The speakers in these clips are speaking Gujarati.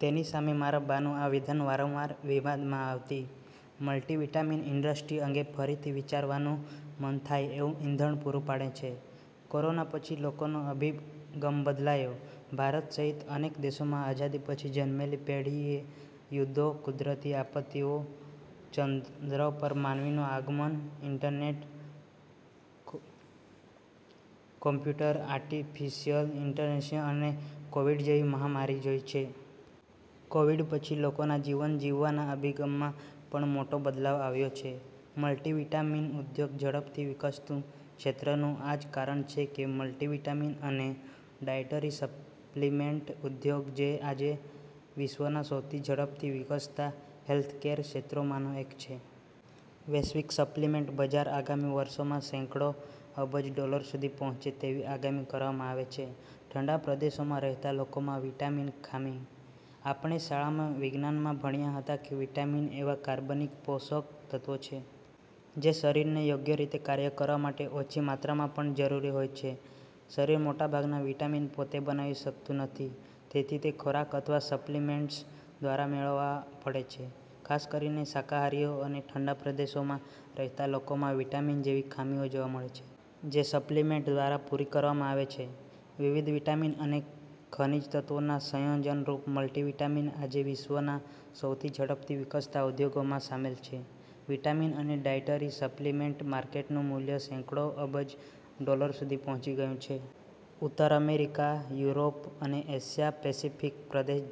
તેની સામે મારા બાનું આ વિધાન વારંવાર વિવાદમાં આવતી. મલ્ટિવિટામીન ઇન્ડસ્ટ્રી અંગે ફરીથી વિચારવાનું મન થાય એવું ઇંધણ પૂરું પાડે છે. કોરોના પછી લોકોનો અભિગમ બદલાયો. ભારત સહિત અનેક દેશોમાં આઝાદી પછી જન્મેલી પેઢીએ યુદ્ધો, કુદરતી આપત્તિઓ, ચંદ્ર પર માનવનું આગમન, ઇન્ટરનેટ, કોમ્પ્યુટર, આર્ટિફિશિયલ ઇન્ટેલિજન્સ અને કોવિડ જેવી મહામારી જોઇ છે. કોવિડ પછી લોકોના જીવન જીવવાના અભિગમમાં પણ મોટો બદલાવ આવ્યો છે. મલ્ટિવિટામીન ઉદ્યોગ ઝડપથી વિકસતું ક્ષેત્રનું આ જ કારણ છે કે મલ્ટિવિટામીન અને ડાયટરી સપ્લિમેન્ટ ઉદ્યોગ આજે વિશ્વના સૌથી ઝડપથી વિકસતા હેલ્થકેર ક્ષેત્રોમાંનો એક છે. વૈશ્વિક સપ્લિમેન્ટ બજાર આગામી વર્ષોમાં સેંકડો અબજ ડોલર સુધી પહોંચે તેવી આગાહી કરવામાં આવે છે. ઠંડા પ્રદેશોમાં રહેતા લોકોમાં વિટામીન ખામી. આપણે શાળામાં વિજ્ઞાનમાં ભણ્યા હતા કે વિટામિન એવા કાર્બનિક પોષક તત્વો છે. જે શરીરને યોગ્ય રીતે કાર્ય કરવા માટે ઓછી માત્રામાં પણ જરૂરી હોય છે. શરીર મોટાભાગના વિટામિન પોતે બનાવી શકતું નથી, તેથી તે ખોરાક અથવા સપ્લિમેન્ટ્સ દ્વારા મેળવવા પડે છે. ખાસ કરીને શાકાહારીઓ અને ઠંડા પ્રદેશોમાં રહેતા લોકોમાં વિટામિન જેવી ખામીઓ જોવા મળે છે. જે સપ્લિમેન્ટ દ્વારા પૂરી કરવામાં આવે છે. વિવિધ વિટામિન અને ખનિજ તત્વોના સંયોજનરૂપ મલ્ટિવિટામીન આજે વિશ્વના સૌથી ઝડપથી વિકસતા ઉદ્યોગોમાં સામેલ છે. વિટામિન અને ડાયટરી સપ્લિમેન્ટ માર્કેટનું મૂલ્ય સેંકડો અબજ ડોલર સુધી પહોંચી ગયું છે. ઉત્તર અમેરિકા, યુરોપ અને એશિયા-પેસિફિક પ્રદેશ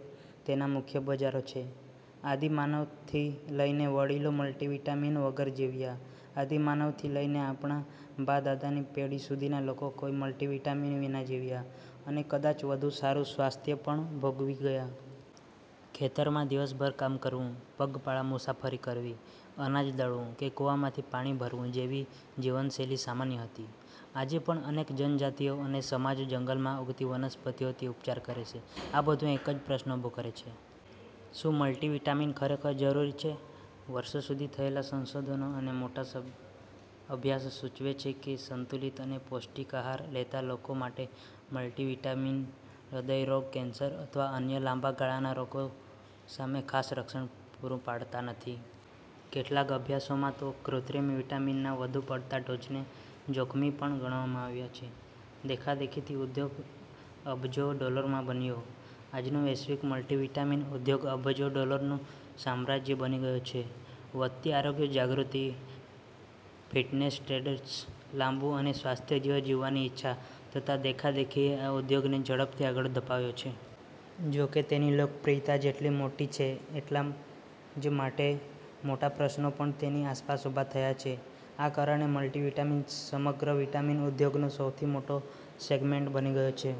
તેના મુખ્ય બજારો છે. આદિમાનવથી લઇને વડીલો મલ્ટિવિટામીન વગર જીવ્યા, આદિમાનવથી લઈને આપણા બા-દાદાની પેઢી સુધીના લોકો કોઈ મલ્ટિવિટામીન વિના જીવ્યા, અને કદાચ વધુ સારું સ્વાસ્થ્ય પણ ભોગવી ગયા. ખેતરમાં દિવસભર કામ કરવું, પગપાળા મુસાફરી કરવી, અનાજ દળવું કે કૂવામાંથી પાણી ભરવું જેવી જીવનશૈલી સામાન્ય હતી. આજે પણ અનેક જનજાતિઓ અને સમાજો જંગલમાં ઉગતી વનસ્પતિઓથી ઉપચાર કરે છે. આ બધું એક જ પ્રશ્ન ઊભો કરે છે. શું મલ્ટિવિટામીન ખરેખર જરૂરી છે? વર્ષો સુધી થયેલા સંશોધનો અને મોટા અભ્યાસો સૂચવે છે કે, સંતુલિત અને પૌષ્ટિક આહાર લેતા લોકો માટે મલ્ટિવિટામીન હૃદયરોગ, કેન્સર અથવા અન્ય લાંબા ગાળાના રોગો સામે ખાસ રક્ષણ પૂરું પાડતા નથી. કેટલાક અભ્યાસોમાં તો કૃત્રિમ વિટામિનના વધુ પડતા ડોઝને જોખમી પણ ગણાવવામાં આવ્યા છે. દેખાદેખીથી ઉદ્યોગ અબજો ડોલરનો બન્યો. આજનો વૈશ્વિક મલ્ટિવિટામીન ઉદ્યોગ અબજો ડોલરનું સામ્રાજ્ય બની ગયો છે. વધતી આરોગ્ય જાગૃતિ, ફિટનેસ ટ્રેન્ડ્સ, લાંબું અને સ્વસ્થ જીવન જીવવાની ઇચ્છા તથા દેખાદેખીએ આ ઉદ્યોગને ઝડપથી આગળ ધપાવ્યો છે. જોકે, તેની લોકપ્રિયતા જેટલી મોટી છે એટલા જ મોટા પ્રશ્નો પણ તેની આસપાસ ઉભા થયા છે. આ કારણે મલ્ટિવિટામીન સમગ્ર વિટામિન ઉદ્યોગનો સૌથી મોટો સેગમેન્ટ બની ગયો છે.